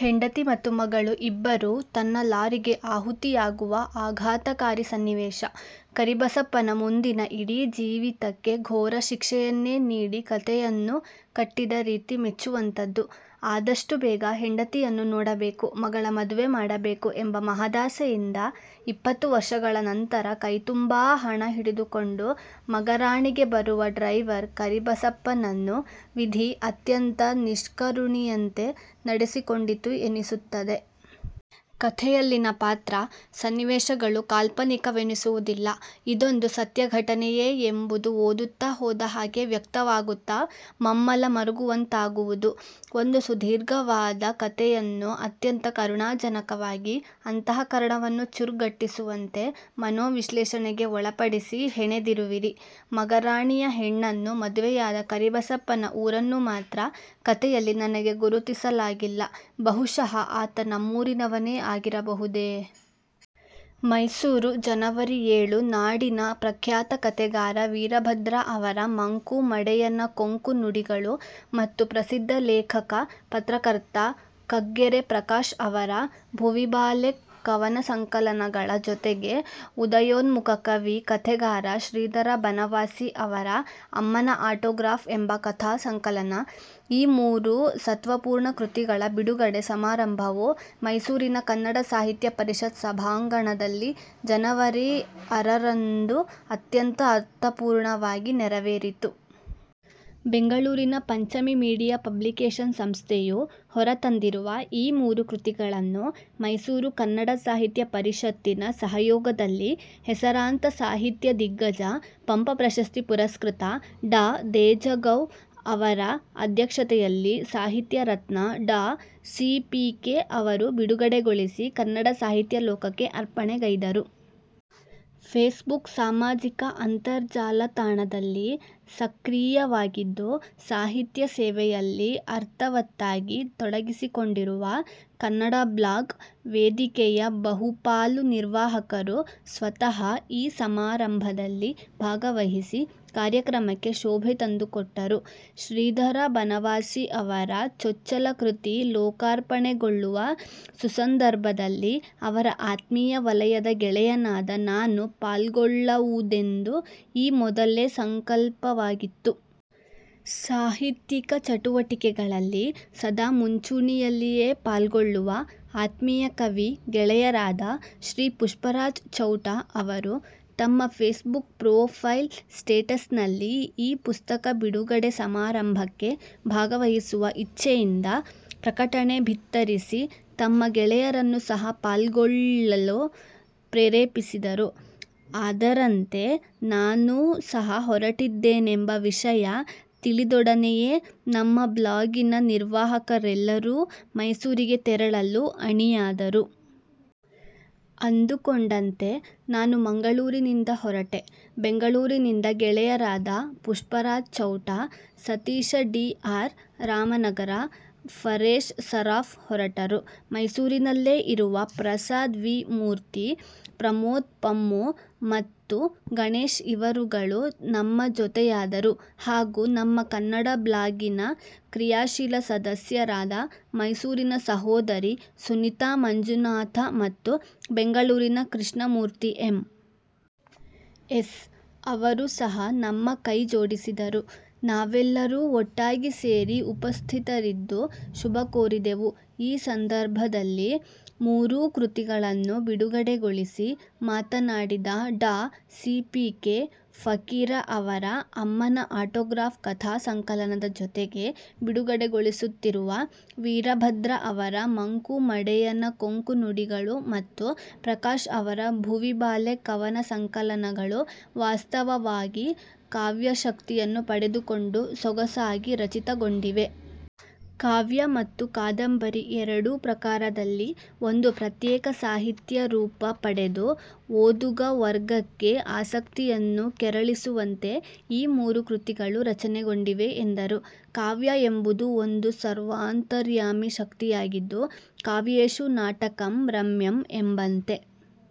ಹೆಂಡತಿ ಮತ್ತು ಮಗಳು ಇಬ್ಬರೂ ತನ್ನ ಲಾರಿಗೆ ಆಹುತಿಯಾಗುವ ಆಘಾತಕಾರಿ ಸನ್ನೀವೇಷ, ಕರಿಬಸಪ್ಪನ ಮುಂದಿನ ಇಡೀ ಜೀವಿತಕ್ಕೆ ಘೋರ ಶಿಕ್ಷೆಯನ್ನೇ ನೀಡಿ ಕಥೆಯನ್ನು ಕಟ್ಟಿದ ರೀತಿ ಮೆಚ್ಚುವಂತದ್ದು. ಆದಷ್ಟು ಬೇಗ ಹೆಂಡತಿಯನ್ನು ನೋಡಬೇಕು, ಮಗಳ ಮದುವೆ ಮಾಡಬೇಕು ಎಂಬ ಮಹದಾಸೆಯಿಂದ ಇಪ್ಪತ್ತು ವರ್ಷಗಳ ನಂತರ ಕೈ ತುಂಬಾ ಹಣ ಹಿಡಿದುಕೊಂಡು ಮಗರಾಣಿಗೆ ಬರುವ ಡ್ರೈವರ್ ಕರಿಬಸಪ್ಪನನ್ನು ವಿಧಿ ಅತ್ಯಂತ ನಿಷ್ಕರುಣಿಯಂತೆ ನಡೆಸಿಕೊಂಡಿತು ಎನಿಸುತ್ತದೆ. ಕಥೆಯಲ್ಲಿನ ಪಾತ್ರ, ಸನ್ನೀವೇಷಗಳು ಕಾಲ್ಪನಿಕವೆನಿಸುವುದಿಲ್ಲ. ಇದೊಂದು ಸತ್ಯ ಘಟನೆಯೇ ಎಂಬುದು ಓದುತ್ತಾ ಹೋದ ಹಾಗೆ ವ್ಯಕ್ತವಾಗುತ್ತಾ ಮಮ್ಮಲ ಮರುಗುವಂತಾಗುವುದು. ಒಂದು ಸುದೀರ್ಘವಾದ ಕಥೆಯನ್ನು ಅತ್ಯಂತ ಕರುಣಾಜನಕವಾಗಿ, ಅಂತಃಕರಣವನ್ನು ಚುರ್ ಗುಟ್ಟಿಸುವಂತೆ, ಮನೋವಿಶ್ಲೇಷಣೆಗೆ ಒಳಪಡಿಸಿ ಹೆಣೆದಿರುವಿರಿ. ಮಗರಾಣಿಯ ಹೆಣ್ಣನ್ನು ಮದುವೆಯಾದ ಕರಿಬಸಪ್ಪನ ಊರನ್ನು ಮಾತ್ರ ಕಥೆಯಲ್ಲಿ ನನಗೆ ಗುರುತಿಸಲಾಗಿಲ್ಲ. ಬಹುಶಃ ಆತ ನಮ್ಮೂರಿನವನೇ ಆಗಿರಬಹುದೇ? ಮೈಸೂರು ಜನವರಿ ಎಳು ನಾಡಿನ ಪ್ರಖ್ಯಾತ ಕಥೆಗಾರ ವೀರಭದ್ರ ಅವರ 'ಮಂಕು ಮಡೆಯನ ಕೊಂಕು ನುಡಿಗಳು' ಮತ್ತು ಪ್ರಸಿದ್ಧ ಲೇಖಕ, ಪತ್ರಕರ್ತ ಕಗ್ಗೆರೆ ಪ್ರಕಾಶ್ ಅವರ 'ಭುವಿಬಾಲೆ' ಕವನ ಸಂಕಲನಗಳ ಜೊತೆಗೆ ಉದಯೋನ್ಮುಖ ಕವಿ, ಕಥೆಗಾರ ಶ್ರೀಧರ ಬನವಾಸಿ ಅವರ 'ಅಮ್ಮನ ಆಟೋ ಗ್ರಾಫ್' ಎಂಬ ಕಥಾ ಸಂಕಲನ, ಈ ಮೂರು ಸತ್ವಪೂರ್ಣ ಕೃತಿಗಳ ಬಿಡುಗಡೆ ಸಮಾರಂಭವು ಮೈಸೂರಿನ ಕನ್ನಡ ಸಾಹಿತ್ಯ ಪರಿಷತ್ ಸಭಾಂಗಣದಲ್ಲಿ ಜನವರಿ ಅರರಂದು ಅತ್ಯಂತ ಅರ್ಥಪೂರ್ಣವಾಗಿ ನೆರವೇರಿತು. ಬೆಂಗಳೂರಿನ ಪಂಚಮಿ ಮೀಡಿಯಾ ಪಬ್ಲಿಕೇಶನ್ ಸಂಸ್ಥೆಯು ಹೊರತಂದಿರುವ ಈ ಮೂರು ಕೃತಿಗಳನ್ನು ಮೈಸೂರು ಕನ್ನಡ ಸಾಹಿತ್ಯ ಪರಿಷತ್ತಿನ ಸಹಯೋಗದಲ್ಲಿ ಹೆಸರಾಂತ ಸಾಹಿತ್ಯ ದಿಗ್ಗಜ, ಪಂಪ ಪ್ರಶಸ್ತಿ ಪುರಸ್ಕೃತ ಡಾ ದೇಜಗೌ ಅವರ ಅಧ್ಯಕ್ಷತೆಯಲ್ಲಿ ಸಾಹಿತ್ಯ ರತ್ನ ಡಾ ಸಿ. ಪಿ. ಕೆ. ಅವರು ಬಿಡುಗಡೆಗೊಳಿಸಿ ಕನ್ನಡ ಸಾಹಿತ್ಯ ಲೋಕಕ್ಕೆ ಅರ್ಪಣೆ ಗೈದರು. ಫೇಸ್ ಬುಕ್ ಸಾಮಾಜಿಕ ಅಂತರ್ ಜಾಲ ತಾಣದಲ್ಲಿ ಸಕ್ರೀಯವಾಗಿದ್ದು ಸಾಹಿತ್ಯ ಸೇವೆಯಲ್ಲಿ ಅರ್ಥವತ್ತಾಗಿ ತೊಡಗಿಸಿಕೊಂಡಿರುವ "ಕನ್ನಡ ಬ್ಲಾಗ್" ವೇದಿಕೆಯ ಬಹುಪಾಲು ನಿರ್ವಾಹಕರು ಸ್ವತಃ ಈ ಸಮಾರಂಭದಲ್ಲಿ ಭಾಗವಹಿಸಿ ಕಾರ್ಯಕ್ರಮಕ್ಕೆ ಶೋಭೆ ತಂದುಕೊಟ್ಟರು. ಶ್ರೀಧರ ಬನವಾಸಿ ಅವರ ಚೊಚ್ಚಲ ಕೃತಿ ಲೋಕಾರ್ಪಣೆಗೊಳ್ಳುವ ಸುಸಂದರ್ಭದಲ್ಲಿ ಅವರ ಆತ್ಮೀಯ ವಲಯದ ಗೆಳೆಯನಾದ ನಾನು ಪಾಲ್ಗೊಳ್ಳವುದೆಂದು ಈ ಮೊದಲೇ ಸಂಕಲ್ಪವಾಗಿತ್ತು. ಸಾಹಿತ್ಯಿಕ ಚಟುವಟಿಕೆಗಳಲ್ಲಿ ಸದಾ ಮುಂಚೂಣಿಲ್ಲಿಯೇ ಪಾಲ್ಗೊಳ್ಳುವ ಆತ್ಮೀಯ ಕವಿ ಗೆಳೆಯರಾದ ಶ್ರೀ ಪುಷ್ಪರಾಜ್ ಚೌಟ ಅವರು ತಮ್ಮ ಫೇಸ್ ಬುಕ್ ಪ್ರೋಫೈಲ್ ಸ್ಟೇಟಸ್ ನಲ್ಲಿ ಈ ಪುಸ್ತಕ ಬಿಡುಗಡೆ ಸಮಾರಂಭಕ್ಕೆ ಭಾಗವಹಿಸುವ ಇಚ್ಚೆ ಯಿಂದ ಪ್ರಕಟಣೆ ಭಿತ್ತರಿಸಿ ತಮ್ಮ ಗೆಳೆಯರನ್ನು ಸಹ ಪಾಲ್ಗೊಳ್ಲಲು ಪ್ರೇರೇಪಿಸಿದರು. ಅದರಂತೆ ನಾನೂ ಸಹ ಹೊರಟಿದ್ದೇನೆಂಬ ವಿಷಯ ತಿಳಿದೊಡನೆಯೇ ನಮ್ಮ ಬ್ಲಾಗಿನ ನಿರ್ವಾಹಕರೆಲ್ಲರೂ ಮೈಸೂರಿಗೆ ತೆರಳಲು ಅಣಿಯಾದರು. ಅಂದುಕೊಂಡಂತೆ ನಾನು ಮಂಗಳೂರಿನಿಂದ ಹೊರಟೆ. ಬೆಂಗಳೂರಿನಿಂದ ಗೆಳೆಯರಾದ ಪುಷ್ಪರಾಜ್ ಚೌಟ, ಸತೀಶ ಡಿ. ಆರ್. ರಾಮನಗರ, ಫರೇಶ್ ಸರಾಫ್ ಹೊರಟರು. ಮೈಸೂರಲ್ಲೇ ಇರುವ ಪ್ರಸಾದ್ ವಿ. ಮೂರ್ತಿ, ಪ್ರಮೋದ ಪಮ್ಮು ಮತ್ತು ಗಣೇಶ್ ಇವರುಗಳು ನಮ್ಮ ಜೊತೆಯಾದರು ಹಾಗೂ ನಮ್ಮ ಕನ್ನಡ ಬ್ಲಾಗಿನ ಕ್ರಿಯಾಶೀಲ ಸದಸ್ಯರಾದ ಮೈಸೂರಿನ ಸಹೋದರಿ ಸುನೀತಾ ಮಂಜುನಾಥ ಮತ್ತು ಬೆಂಗಳೂರಿನ ಕೃಷ್ಣ ಮೂರ್ತಿ ಎಮ್. ಎಸ್. ಅವರು ಸಹ ನಮ್ಮ ಕೈ ಜೋಡಿಸಿದರು. ನಾವೆಲ್ಲರೂ ಒಟ್ಟಾಗಿ ಸೇರಿ ಉಪಸ್ಥಿತರಿದ್ದು ಶುಭಕೋರಿದೆವು. ಈ ಸಂದರ್ಭದಲ್ಲಿ ಮೂರೂ ಕೃತಿಗಳನ್ನು ಬಿಡುಗಡೆಗೊಳಿಸಿ ಮಾತನಾಡಿದ ಡಾ ಸಿ. ಪಿ. ಕೆ, ಫಕೀರ ಅವರ 'ಅಮ್ಮನ ಆಟೋಗ್ರಾಫ್' ಕಥಾ ಸಂಕಲನದ ಜೊತೆಗೆ ಬಿಡುಗಡೆಗೊಳಿಸುತ್ತಿರುವ ವೀರಭದ್ರ ಅವರ 'ಮಂಕು ಮಡೆಯನ ಕೊಂಕು ನುಡಿಗಳು' ಮತ್ತು ಪ್ರಕಾಶ್ ಅವರ 'ಭುವಿಬಾಲೆ' ಕವನ ಸಂಕಲನಗಳು ವಾಸ್ತವವಾಗಿ ಕಾವ್ಯಶಕ್ತಿಯನ್ನು ಪಡೆದುಕೊಂಡು ಸೊಗಸಾಗಿ ರಚಿತಗೊಂಡಿವೆ. ಕಾವ್ಯ ಮತ್ತು ಕಾದಂಬರಿ ಎರಡೂ ಪ್ರಕಾರದಲ್ಲಿ ಒಂದು ಪ್ರತ್ಯೇಕ ಸಾಹಿತ್ಯ ರೂಪ ಪಡೆದು ಓದುಗ ವರ್ಗಕ್ಕೆ ಆಸಕ್ತಿಯನ್ನು ಕೆರಳಿಸುವಂತೆ ಈ ಮೂರು ಕೃತಿಗಳು ರಚನೆಗೊಂಡಿವೆ ಎಂದರು. ಕಾವ್ಯ ಎಂಬುದು ಒಂದು ಸರ್ವಾಂತರ್ಯಾಮಿ ಶಕ್ತಿಯಾಗಿದ್ದು 'ಕಾವ್ಯೇಷು ನಾಟಕಂ ರಮ್ಯಂ' ಎಂಬಂತೆ